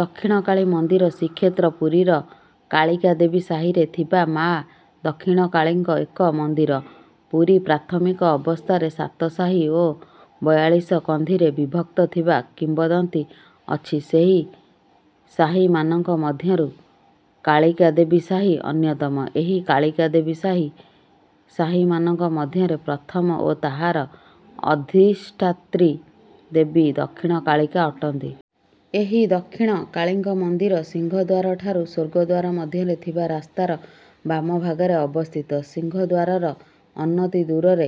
ଦକ୍ଷିଣକାଳି ମନ୍ଦିର ଶ୍ରୀକ୍ଷେତ୍ର ପୁରୀର କାଳିକା ଦେବୀ ସାହିରେ ଥିବା ମାଆ ଦକ୍ଷିଣ କାଳିଙ୍କ ଏକ ମନ୍ଦିର। ପୁରୀ ପ୍ରାଥମିକ ଅବସ୍ଥାରେ ସାତ ସାହି ଓ ବୟାଳିଶ କନ୍ଦିରେ ବିଭକ୍ତ ଥିବା କିମ୍ବଦନ୍ତୀ ଅଛି। ସେହି ସାହିମାନଙ୍କ ମଧ୍ୟରୁ କାଳିକା ଦେବୀ ସାହି ଅନ୍ୟତମ। ଏହି କାଳିକା ଦେବୀ ସାହି ସାହିମାନଙ୍କ ମଧ୍ୟରେ ପ୍ରଥମ ଓ ତାହାର ଅଧିଷ୍ଠାତ୍ରୀ ଦେବୀ ଦକ୍ଷିଣ କାଳିକା ଅଟନ୍ତି। ଏହି ଦକ୍ଷଣି କାଳୀଙ୍କ ମନ୍ଦିର ସିଂହଦ୍ୱାର ଠାରୁ ସ୍ୱର୍ଗଦ୍ୱାର ମଧ୍ୟରେ ଥିବା ରାସ୍ତାର ବାମ ଭାଗରେ ଅବସ୍ଥିତ। ସିଂହଦ୍ୱାରର ଅନତି ଦୂରରେ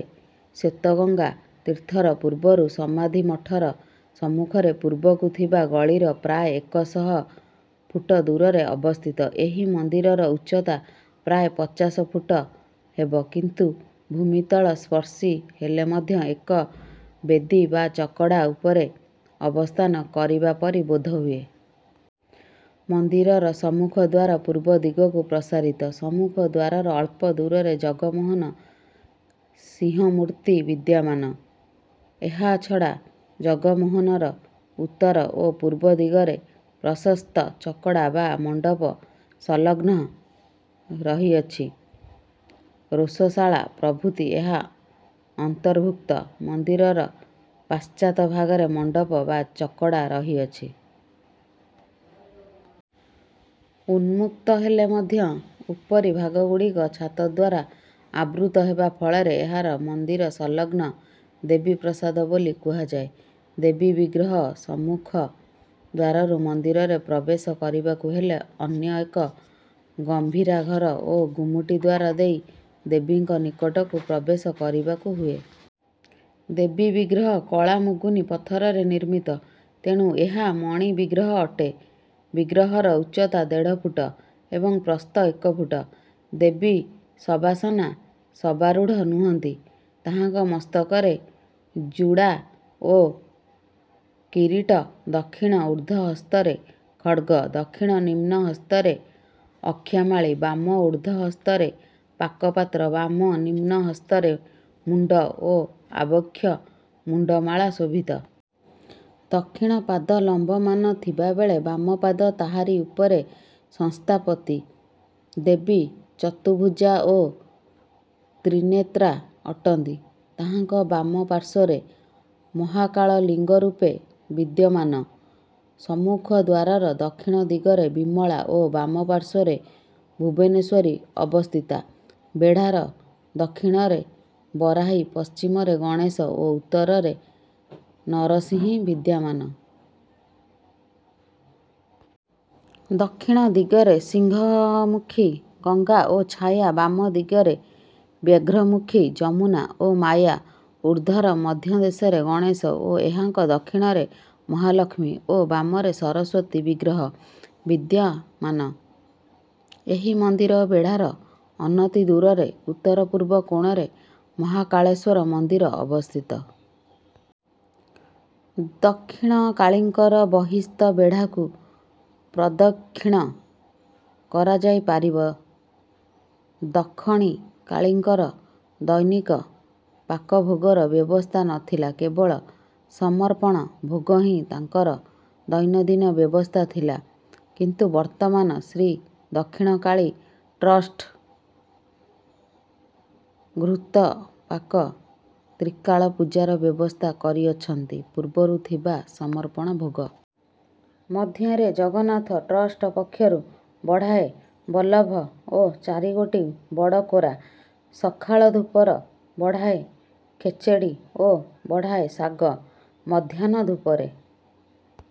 ଶ୍ୱେତଗଙ୍ଗା ତୀର୍ଥର ପୂର୍ବରୁ ସମାଧିମଠର ସମ୍ମୁଖରେ ପୂର୍ବକୁ ଥିବା ଗଳିର ପ୍ରାୟ ଏକ ଶହ ଫୁଟ ଦୂରରେ ଅବସ୍ଥିତ। ଏହି ମନ୍ଦିରର ଉଚ୍ଚତା ପ୍ରାୟ ପଚାଶ ଫୁଟ ହେବ କିନ୍ତୁ ଭୂମିତଳ ସ୍ପର୍ଶୀ ହେଲେ ମଧ୍ୟ ଏକ ବେଦୀ ବା ଚକଡ଼ା ଉପରେ ଅବସ୍ଥାନ କରିବାପରି ବୋଧହୁଏ। ମନ୍ଦିରର ସମ୍ମୁଖ ଦ୍ୱାର ପୂର୍ବ ଦିଗକୁ ପ୍ରସାରିତ। ସମ୍ମୁଖ ଦ୍ୱାରର ଅଳ୍ପ ଦୂରରେ ଜଗମୋହନ ସିଂହମୂର୍ତ୍ତି ବିଦ୍ୟମାନ। ଏହାଛଡ଼ା ଜଗମୋହନର ଉତ୍ତର ଓ ପୂର୍ବ ଦିଗରେ ପ୍ରଶସ୍ତ ଚକଡ଼ା ବା ମଣ୍ଡପ ସଂଲଗ୍ନ ରହିଅଛି। ରୋଷଶାଳା ପ୍ରଭୃତି ଏହା ଅନ୍ତର୍ଭୁକ୍ତ। ମନ୍ଦିରର ପାଶ୍ଚାତ ଭାଗରେ ମଣ୍ଡପ ବା ଚକଡ଼ା ରହିଅଛି। ଉନ୍ମୁକ୍ତହେଲେ ମଧ୍ୟ ଉପରି ଭାଗଗୁଡ଼ିକ ଛାତଦ୍ୱାରା ଆବୃତ ହେବା ଫଳରେ ଏହାର ମନ୍ଦିର ସଂଲଗ୍ନ ଦେବୀ ପ୍ରାସାଦ ବୋଲି କୁହାଯାଏ। ଦେବୀ ବିଗ୍ରହ ସମ୍ମୁଖ ଦ୍ୱାରରୁ ମନ୍ଦିରରେ ପ୍ରବେଶ କରିବାକୁ ହେଲେ ଅନ୍ୟ ଏକ ଗମ୍ଭୀରାଘର ଓ ଗୁମୁଟି ଦ୍ୱାର ଦେଇ ଦେବୀଙ୍କ ନିକଟକୁ ପ୍ରବେଶ କରିବାକୁ ହୁଏ। ଦେବୀ ବିଗ୍ରହ କଳା ମୁଗୁନି ପଥରରେ ନିର୍ମିତ। ତେଣୁ ଏହା ମଣି ବିଗ୍ରହ ଅଟେ। ବିଗ୍ରହର ଉଚ୍ଚତା ଦେଢ଼ଫୁଟ ଏବଂ ପ୍ରସ୍ଥ ଏକ ଫୁଟ। ଦେବୀ ଶବାସନା ଶବାରୂଢ଼ ନୁହଁନ୍ତି। ତାହାଙ୍କ ମସ୍ତକରେ ଜୁଡ଼ା ଓ କିରୀଟ, ଦକ୍ଷିଣ ଉର୍ଦ୍ଧ ହସ୍ତରେ ଖଡ୍ଗ ଦକ୍ଷିଣ ନିମ୍ନ ହସ୍ତରେ ଅକ୍ଷାମାଳୀ, ବାମ ଉର୍ଦ୍ଧ ହସ୍ତରେ ପାକପାତ୍ର, ବାମ ନିମ୍ନ ହସ୍ତରେ ମୁଣ୍ଡ ଓ ଆବକ୍ଷ ମୁଣ୍ଡମାଳା ଶୋଭିତ। ଦକ୍ଷିଣ ପାଦ ଲମ୍ବମାନ ଥିବା ବେଳେ ବାମପାଦ ତାହାରି ଉପରେ ସଂସ୍ଥାପତି। ଦେବୀ ଚତୁଭୁଜା ଓ ତ୍ରିନେତ୍ରା ଅଟନ୍ତି। ତାହାଙ୍କ ବାମ ପାଶ୍ୱର୍ରେ ମହାକାଳ ଲିଙ୍ଗ ରୂପେ ବିଦ୍ୟମାନ। ସମ୍ମୁଖ ଦ୍ୱାରର ଦକ୍ଷିଣ ଦିଗରେ ବିମଳା ଓ ବାମପାଶ୍ୱର୍ରେ ଭୁବନେଶ୍ୱରୀ ଅବସ୍ଥିତା। ବେଢ଼ାର ଦକ୍ଷିଣରେ ବରାହୀ, ପଶ୍ଚିମରେ ଗଣେଶ ଏବଂ ଉତ୍ତରରେ ନରସିଂହୀ ବିଦ୍ୟାମାନ। ଦକ୍ଷିଣ ଦିଗରେ ସିଂହମୁଖୀ, ଗଙ୍ଗା ଓ ଛାୟା, ବାମ ଦିଗରେ ବ୍ୟାଘ୍ରମୁଖୀ, ଯମୁନା ଓ ମାୟା। ଉର୍ଦ୍ଧର ମଧ୍ୟଦେଶରେ ଗଣେଶ ଓ ଏହାଙ୍କ ଦକ୍ଷିଣରେ ମହାଲକ୍ଷ୍ମୀ ଓ ବାମରେ ସରସ୍ୱତୀ ବିଗ୍ରହ ବିଦ୍ୟମାନ। ଏହି ମନ୍ଦିର ବେଢ଼ାର ଅନତି ଦୂରରେ ଉତ୍ତରପୂର୍ବ କୋଣରେ ମହାକାଳେଶ୍ୱର ମନ୍ଦିର ଅବସ୍ଥିତ। ଦକ୍ଷିଣକାଳୀଙ୍କର ବହିସ୍ଥ ବେଢ଼ାକୁ ପ୍ରଦକ୍ଷିଣ କରାଯାଇପାରିବ। ଦକ୍ଷଣି କାଳୀଙ୍କର ଦୈନିକ ପାକ ଭୋଗର ବ୍ୟବସ୍ଥା ନଥିଲା। କେବଳ ସମର୍ପଣ ଭୋଗ ହିଁ ତାଙ୍କର ଦୈନନ୍ଦିନ ବ୍ୟବସ୍ଥା ଥିଲା। କିନ୍ତୁ ବର୍ତ୍ତମାନ ଶ୍ରୀଦକ୍ଷିଣକାଳୀ ଟ୍ରଷ୍ଟ ଘୃତପାକ ତ୍ରିକାଳ ପୂଜାର ବ୍ୟବସ୍ଥା କରିଅଛନ୍ତି। ପୂର୍ବରୁ ଥିବା ସମର୍ପଣ ଭୋଗ ମଧ୍ୟରେ ଜଗନ୍ନାଥ ଟ୍ରଷ୍ଟ ପକ୍ଷରୁ ବଢ଼ାଏ ବଲ୍ଲଭ ଓ ଚାରିଗୋଟି ବଡ଼ କୋରା, ସକାଳ ଧୂପର ବଢ଼ାଏ ଖେଚେଡ଼ି ଓ ବଢ଼ାଏ ଶାଗ, ମଧ୍ୟାହ୍ନ ଧୂପରେ